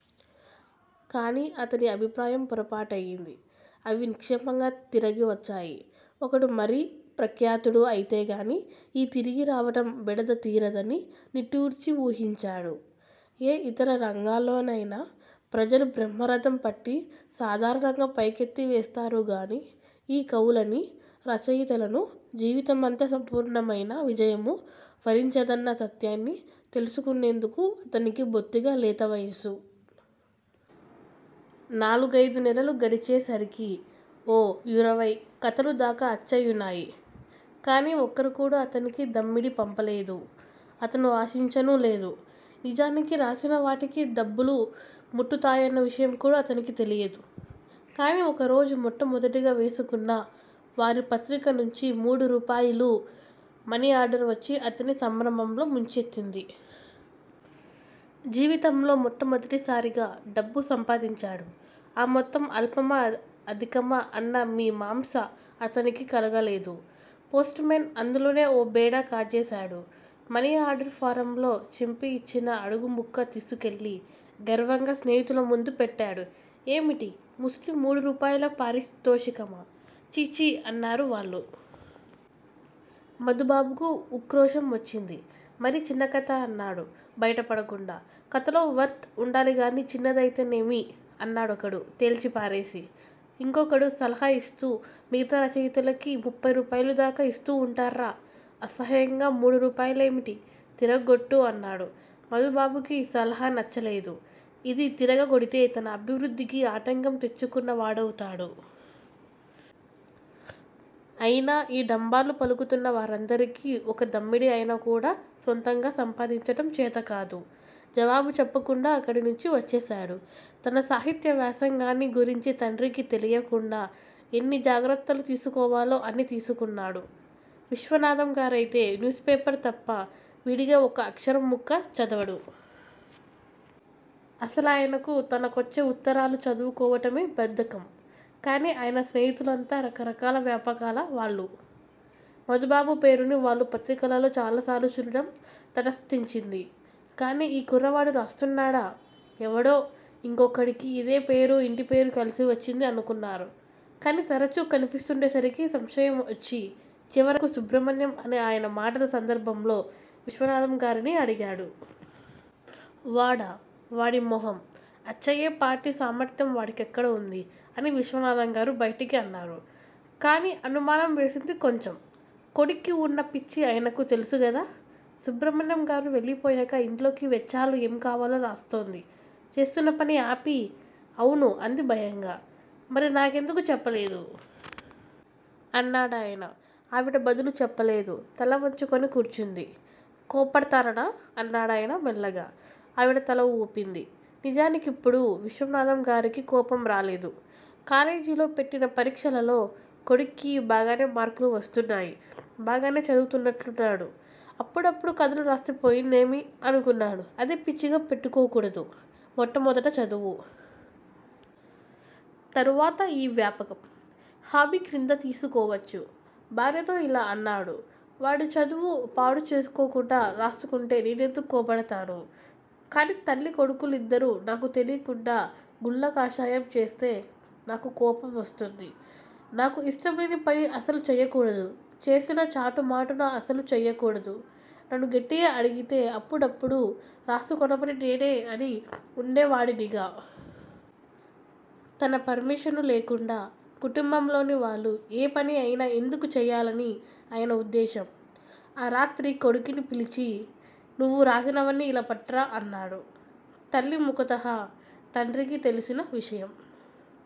కాని అతని అభిప్రాయం పొరపాటయింది. అవి నిక్షేపంగా తిరగివచ్చాయి. ఒకడు మరీ ప్రఖ్యాతుడు అయితేగాని ఈ తిరిగిరావటం బెడద తీరదని నిట్టూర్చి వూహించాడు. ఏ ఇతర రంగాల్లోనయినా ప్రజలు బ్రహ్మరథం పట్టి సాధారణంగా పైకెత్తివేస్తారుగానీ ఈ కవులనీ, రచయితలనూ జీవితమంతా సంపూర్ణమయిన విజయము వరించదన్న సత్యాన్ని తెలుసుకునేందుకు అతనికి బొత్తిగా లేతవయసు. నాలుగయిదు నెలలు గడిచేసరికి ఓ యిరవై కథలుదాకా అచ్చయినాయి. కానీ ఒక్కరుకూడా అతనికి దమ్మిడీ పంపలేదు. అతను ఆశించనూలేదు. నిజానికి రాసినవాటికి డబ్బులు ముట్టుతాయన్న విషయంకూడా అతనికి తెలియదు. కాని ఒకరోజు మొట్టమొదటిగా వేసుకున్న వారి పత్రికనుంచి మూడురూపాయలు మనిఆర్డర్ వచ్చి అతన్ని సంభ్రమంలో ముంచెత్తింది. జీవితంలో మొట్టమొదటిసారిగా డబ్బు సంపాదించాడు. ఆ మొత్తం అల్పమా అధికమా అన్న మీమాంస అతనికి కలగలేదు. పోస్టుమేన్ అందులోనే ఓ బేడా కాజేశాడు. మనిఆర్దర్ ఫారంలో చింపియిచ్చిన అడుగుముక్క తీసుకువెళ్లి గర్వంగా స్నేహితులముందు పెట్టాడు. ఏమిటి? ముష్టి మూడు రూపాయల పారితోషికమా? ఛీఛీ అన్నారు వాళ్లు. మధుబాబుకు ఉక్రోషం వచ్చింది. మరి చిన్నకథ అన్నాడు బయటపడకుండా. కథలో వర్త్ వుండాలిగానీ చిన్నదయితేనేమి? అన్నాడొకడు తేల్చిపారేసి. ఇంకొకడు సలహా ఇస్తూ మిగతా రచయితలకి ముప్ఫయి రూపాయిలదాకా యిస్తూ వుంటార్రా. అసహ్యంగా మూడురూపాయలేమిటి? తిరగగొట్టు' అన్నాడు. మధుబాబుకి ఈ సలహా నచ్చలేదు. ఇది తిరగగొడితే తన అభివృద్ధికి ఆటంకం తెచ్చుకున్న వాడవుతాడు. అయినా ఈ డంబాలు పలుకుతున్న వారందరికీ ఒక్క దమ్మిడీ అయినాకూడా సొంతంగా సంపాదించటం చేతకాదు. జవాబు చెప్పకుండా అక్కడినుంచి వచ్చేశాడు. తన సాహిత్య వ్యాసంగాన్ని గురించి తండ్రికి తెలియకుండా ఎన్ని జాగ్రత్తలు తీసుకోవాలో అన్నీ తీసుకున్నాడు. విశ్వనాథంగారయితే న్యూస్ పేపర్ తప్ప విడిగా ఒక్క అక్షరంముక్క చదవడు. అసలాయనకు తనకొచ్చే వుత్తరాలు చదువుకోవటమే బద్ధకం. కాని ఆయన స్నేహితులంతా రకరకాల వ్యాపకాల వాళ్లు. మధుబాబు పేరుని వాళ్లు పత్రికలలో చాలాసార్లు చూడటం తటస్థించింది. కాని ఈ కుర్రవాడు రాస్తున్నాడా? ఎవడో ఇంకొకడికి ఇదే పేరూ, ఇంటిపేరూ కలిసి వచ్చింది అనుకున్నారు. కాని తరచు కనిపిస్తుండేసరికి సంశయం వచ్చి, చివరకు సుబ్రహ్మణ్యం అనే ఆయన మాటల సందర్భంలో విశ్వనాథంగారిని అడిగాడు. వాడా! వాడి మొహం. అచ్చయే పాటి సామర్థ్యం వాడికెక్కడ వుంది? అని విశ్వనాథంగారు బయటికి అన్నారు. కాని అనుమానం వేసింది కొంచెం. కొడుక్కి వున్న పిచ్చి ఆయనకు తెలుసుగదా. సుబ్రహ్మణ్యంగారు వెళ్ళిపోయాక ఇంట్లోకి వెచ్చాలు ఏంకావాలో రాస్తోంది. చేస్తున్నపని ఆపి అవును అంది భయంగా. మరి నాకెందుకు చెప్పలేదు? అన్నాడాయన. ఆవిడ బదులు చెప్పలేదు. తలవంచుకుని కూర్చుంది. కోప్పడతాననా అన్నాడాయన మెల్లగా. ఆవిడ తలవూపింది. నిజానికిప్పుడు విశ్వనాథంగారికి కోపంరాలేదు. కాలేజీలో పెట్టిన పరీక్షలలో కొడుక్కి బాగానే మార్కులు వస్తున్నాయి. బాగానే చదువుతున్నట్లున్నాడు. అప్పుడప్పుడూ కథలు రాస్తే పోయిందేమి? అనుకున్నాడు. అదే పిచ్చిగా పెట్టుకోకూడదు. మొట్టమొదట చదువు. తరువాత యీ వ్యాపకం. హాబీక్రింద తీసుకోవచ్చు. భార్యతో యిలా అన్నాడు. వాడు చదువు పాడుచేసుకోకుండా రాసుకుంటే నేనెందుకు కోప్పడతాను? కాని తల్లీ కొడుకులిద్దరూ నాకు తెలీకుండా గుళ్ళకాషాయం చేస్తే నాకు కోపంవస్తుంది. నాకు ఇష్టంలేని పని అసలు చెయ్యకూడదు. చేసినా చాటుమాటున అసలు చెయ్యకూడదు. నన్ను గట్టిగా అడిగితే అప్పుడప్పుడూ రాసుకొనమని నేనే అని వుండేవాడినిగా. తన పర్మిషను లేకుండా కుటుంబంలోని వాళ్ళు ఏ పని అయినా ఎందుకు చెయ్యాలని ఆయన ఉద్దేశం. ఆ రాత్రి కొడుకుని పిలిచి నువ్వు రాసినవన్నీ ఇలా పట్రా అన్నాడు. తల్లిముఖతః తండ్రికి తెలిసిన విషయం